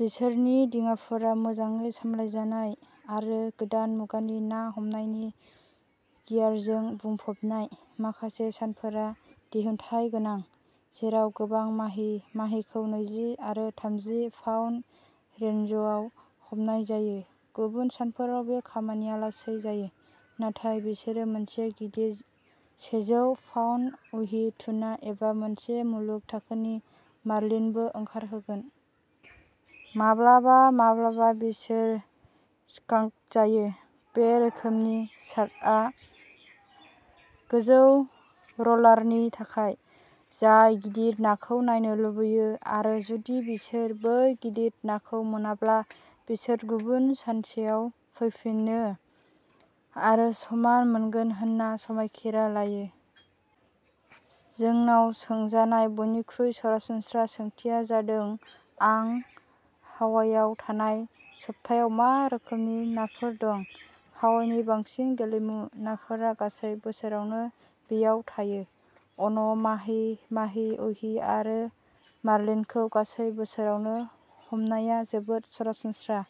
बिसोरनि दिङाफोरा मोजाङै सामलायजानाय आरो गोदान मुगानि ना हमनायनि गियारजों बुंफबनाय। माखासे सानफोरा दिहुनथाय गोनां, जेराव गोबां माहि माहिखौ नैजि आरो थामजि पाउन्द रेन्जआव हमनाय जायो। गुबुन सानफोराव बे खामानिया लासै जायो, नाथाय बिसोरो मोनसे गिदिर सेजौ पाउन्द अहि टुना एबा मोनसे मुलुग थाखोनि मार्लिनबो ओंखारहोगोन। माब्लाबा माब्लाबा बिसोर स्कांक जायो। बे रोखोमनि चार्टारआ गोजौ र'लारनि थाखाय, जाय गिदिर नाखौ नायनो लुबैयो आरो जुदि बिसोर बै गिदिर नाखौ मोनाब्ला बिसोर गुबुन सानसेआव फैफिनो आरो समान मोनगोन होनना समायखिरा लायो। जोंनाव सोंजानाय बयनिख्रुइ सरासनस्रा सोंथिया जादों आं हावाइआव थानाय सप्तायाव मा रोखोमनि नाफोर दं? हावाइनि बांसिन गेलेमु नाफोरा गासै बोसोरावनो बेयाव थायो। अन', माहि माहि, अहि आरो मार्लिनखौ गासै बोसोरावनो हमनाया जोबोद सरासनस्रा।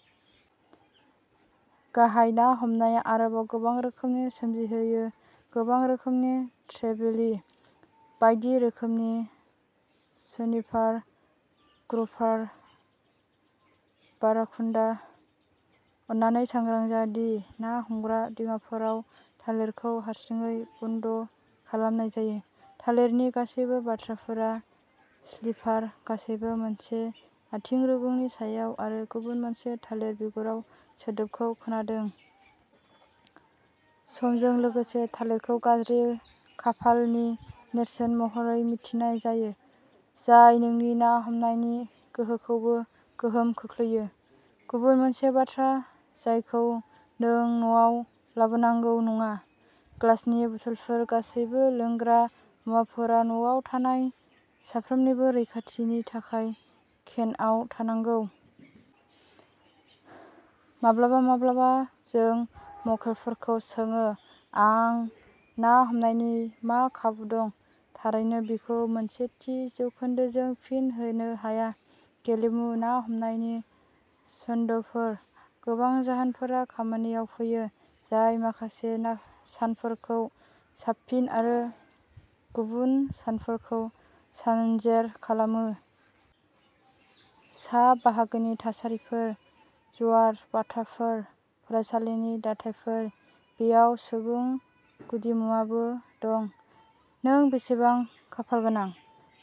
गाहाय ना हमनाया आरोबाव गोबां रोखोमारि सोमजिहोयो गोबां रोखोमनि ट्रेभेलि, बायदि रोखोमनि स्नेपार, ग्रुपार, बाराकुडा, अन्नानै सांग्रां जा दि ना हमग्रा दिङाफोराव थालिरखौ हारसिङै बन्द' खालामनाय जायो। थालिरनि गासैबो बाथ्राफोरा स्लिपार गासैबो मोनसे आथिं रुगुंनि सायाव आरो गुबुन मोनसे थालिर बिगुराव सोदोबखौ खोनादों। समजों लोगोसे थालिरखौ गाज्रि खाफालनि नेरसोन महरै मिथिनाय जायो, जाय नोंनि ना हमनायनि गोहोखौबो गोहोम खोख्लैयो। गुबुन मोनसे बाथ्रा जायखौ नों नावाव लाबोनांगौ नङा। ग्लासनि बथलफोर गासैबो लोंग्रा मुवाफोरा नावाव थानाय साफ्रोमनिबो रैखाथिनि थाखाय केनआव थानांगौ। माब्लाबा-माब्लाबा जों मक्केलफोरखौ सोङो आं ना हमनायनि मा खाबु दं? थारैनो बेखौ मोनसे थि जौखोन्दोजों फिन होनो हाया। गेलेमु ना हमनायनि सनदफोर, गोबां जाहोनफोरा खामानियाव फैयो जाय माखासे सानफोरखौ साबसिन आरो गुबुन सानफोरखौ सानजेर खालामो। सा बाहागोनि थासारिफोर, ज्वार भाटाफोर, फरायसालिनि दाथायफोर। बेयाव सुबुं गुदिमुवाबो दं। नों बेसेबां खाफालगोनां?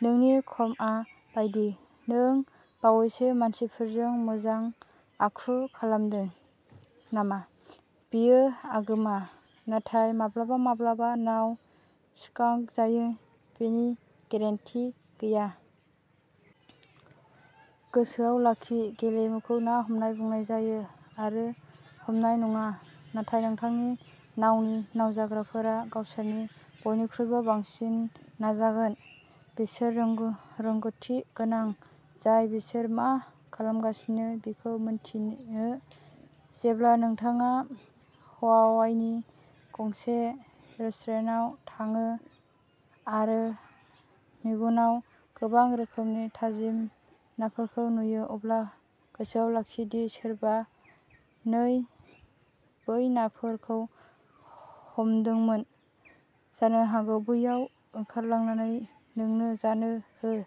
नोंनि कर्मआ माबायदि? नों बावैसो मानसिफोरजों मोजां आखु खालामदों नामा? बेयो आगोमा, नाथाय माब्लाबा-माब्लाबा नाव स्कांक जायो जेबो गेरेन्टि गैया। गोसोआव लाखि गेलेमुखौ ना हमनाय बुंनाय जायो आरो हमनाय नङा। नाथाय नोंथांनि नावनि नावजावग्राफोरा गावसोरनि बयनिख्रुइबो बांसिन नाजागोन। बिसोर रोंग'थि गोनां जाय बिसोर मा खालामगासिनो बेखौ मिन्थिगोन। जेब्ला नोंथाङा हावाइनि गंसे रेस्टुरेन्टाव थाङो आरो मेनुवाव गोबां रोखोमनि थाजिम नाफोरखौ नुयो, अब्ला गोसोआव लाखि दि सोरबा बै नाफोरखौ हमदोंमोन जानो हागौ बैयाव ओंखारलांनानै नोंनो जानो हो!